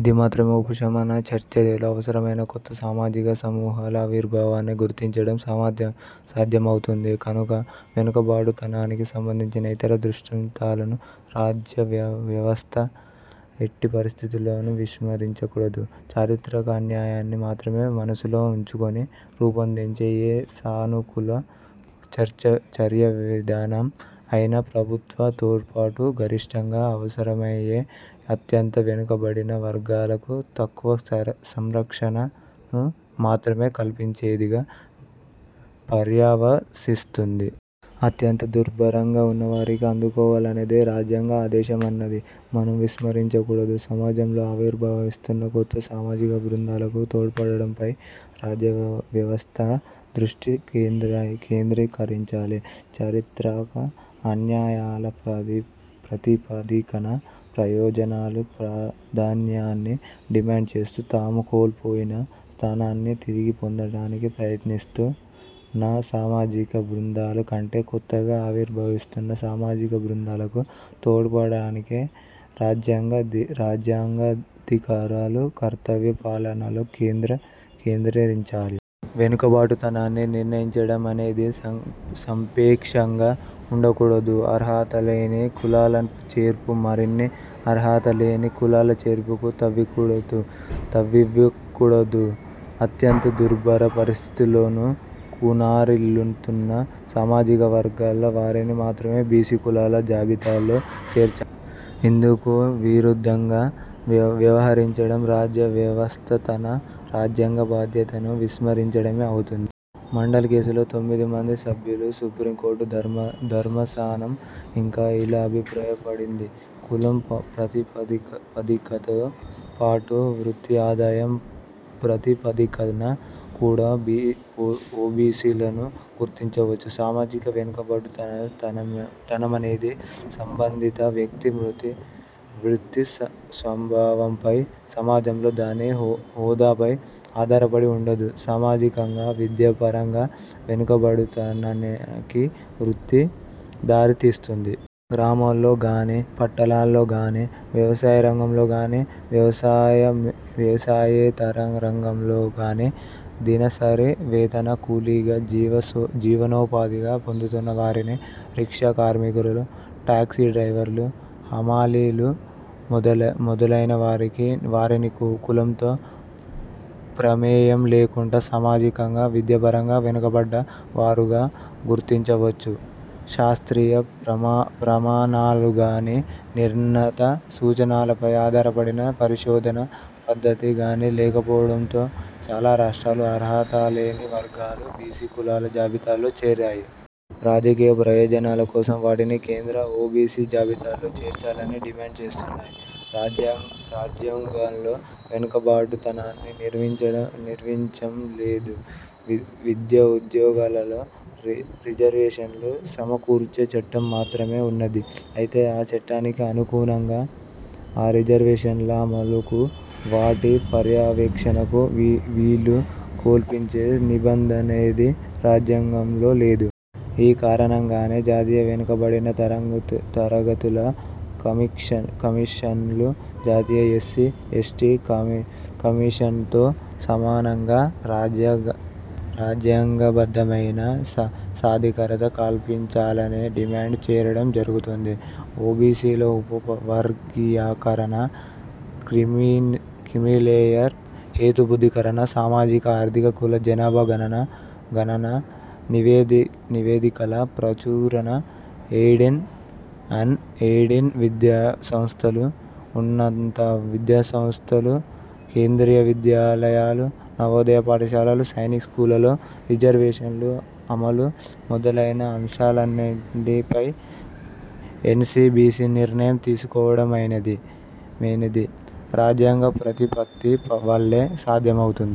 ఇది మాత్రమే ఉపశమన చర్యలు అవసరమైన కొత్త సామాజిక సమూహాల ఆవిర్భావాన్ని గుర్తించడం సాధ్యమవుతుంది కనుక వెనుకబాటుతనానికి సంబంధించిన ఇతర దృష్టాంతాలను రాజ్యవ్యవస్థ ఎట్టి పరిస్థితులలోనూ విస్మరించకూడదు. చారిత్రక అన్యాయాన్ని మాత్రమే మనస్సులో ఉంచుకొని రూపొందించే ఏ సానుకూల చర్యా విధానం అయినా ప్రభుత్వ తోడ్పాటు గరిష్ఠంగా అవసరమయ్యే అత్యంత వెనుకబడిన వర్గాలకు తక్కువ సంరక్షణను మాత్రమే కల్పించేదిగా పర్యవసిస్తుంది. అత్యంత దుర్భరంగా వున్నవారిని ఆదుకోవాలనేది రాజ్యాంగ ఆదేశమన్నది మనం విస్మరించకూడదు. సమాజంలో ఆవిర్భవిస్తున్న కొత్త సామాజిక బృందాలకు తోడ్పడడంపై రాజ్యవ్యవస్థ దృష్టి కేంద్రీకరించాలి. చారిత్రక అన్యాయాల ప్రాతిపదికన ప్రయోజనాలు, ప్రాధాన్యాన్ని డిమాండ్ చేస్తూ తాము కోల్పోయిన స్థానాన్ని తిరిగిపొందడానికి ప్రయత్నిస్తున్న సామాజిక బృందాల కంటే కొత్తగా ఆవిర్భవిస్తున్న సామాజిక బృందాలకు తోడ్పడానికే రాజ్యాంగ ధికారాలు, కర్తవ్య పాలనను కేంద్రీకరించాలి. వెనుకబాటుతనాన్ని నిర్ణయించడమనేది సాపేక్షంగా వుండకూడదు. అర్హతలేని కులాల చేర్పు మరిన్ని అర్హత లేని కులాల చేర్పుకు తావివ్వకూడదు. అత్యంత దుర్భర పరిస్థితులలో కునారిల్లుతున్న సామాజిక వర్గాల వారిని మాత్రమే బీసీ కులాల జాబితాలో చేర్చాలి. ఇందుకు విరుద్ధంగా వ్యవహరించడం రాజ్య వ్యవస్థ తన రాజ్యాంగ బాధ్యతను విస్మరించడమే అవుతుంది. మండల్ కేసులో తొమ్మిది మంది సభ్యుల సుప్రీంకోర్టు ధర్మాసనం ఇంకా ఇలా అభిప్రాయపడింది: 'కులం ప్రాతిపదికతో పాటు వృత్తి – ఆదాయం ప్రాతిపదికన కూడా ఓబీసీలను గుర్తించవచ్చు. సామాజిక వెనుకబాటుతనమనేది సంబంధిత వ్యక్తి వృత్తి స్వభావంపై, సమాజంలో దాని హోదాపై ఆధారపడి వుంటుంది. '. సామాజికంగా విద్యాపరంగా వెనుకబాటుతనానికి వృత్తి దారితీస్తుంది. గ్రామాల్లో గానీ, పట్టణాల్లో గానీ, వ్యవసాయంరంగంలో గానీ, వ్యవసాయేతర రంగాల్లో గానీ దినసరి వేతన కూలీగా జీవనోపాధి పొందుతున్న వారిని, రిక్షా కార్మికులు, టాక్సీ డ్రైవర్లు, హమాలీలు మొదలైన వారిని కులంతో ప్రమేయంలేకుండా సామాజికంగా, విద్యాపరంగా వెనుకబడ్డ వారుగా గుర్తించవచ్చు. శాస్త్రీయ ప్రమాణాలుగానీ, నిర్ణీత సూచకాలపై ఆధారపడిన పరిశోధనా పద్ధతి గానీ లేకపోవడంతో చాలా రాష్ట్రాలు అర్హతలేని వర్గాలను బీసీ కులాల జాబితాలో చేర్చాయి. రాజకీయ ప్రయోజనాల కోసం వాటిని కేంద్ర ఓబీసీ జాబితాలో చేర్చాలని డిమాండ్ చేస్తున్నాయి. రాజ్యాంగంలో వెనుకబాటుతనాన్ని నిర్వచించలేదు. విద్యా ఉద్యోగాలలో రిజర్వేషన్లు సమకూర్చే చట్టం మాత్రమే ఉన్నది. అయితే ఆ చట్టానికి అనుగుణంగా ఆ రిజర్వేషన్ల అమలుకు, వాటి పర్యవేక్షణకు వీలు కల్పించే నిబంధనేదీ రాజ్యాంగంలో లేదు. ఈ కారణంగానే జాతీయ వెనుకబడిన తరగతుల కమిషన్కు జాతీయ ఎస్సీ, ఎస్టీ కమిషన్తో సమానంగా రాజ్యాంగబద్ధమైన సాధికారత కల్పించాలనే డిమాండ్ చేయడం జరగుతోంది. ఓబీసీల ఉప వర్గీకరణ, క్రీమీలేయర్ హేతుబద్ధీకరణ, సామాజిక–ఆర్థిక కుల జనాభా గణన– నివేదికల ప్రచురణ, ఎయిడెడ్, అన్ ఎయిడెడ్ విద్యా సంస్థలు, ఉన్నత విద్యాసంస్థలు, కేంద్రీయ విద్యాలయాలు, నవోదయ పాఠశాలలు, సైనిక్ స్కూళ్ళలో రిజర్వేషన్ల అమలు, మొదలైన అంశాలన్నిటిపై ఎన్సీబీసీ నిర్ణయం తీసుకోవడమనేది రాజ్యాంగ ప్రతిపత్తి వల్లే సాధ్యమవుతుంది.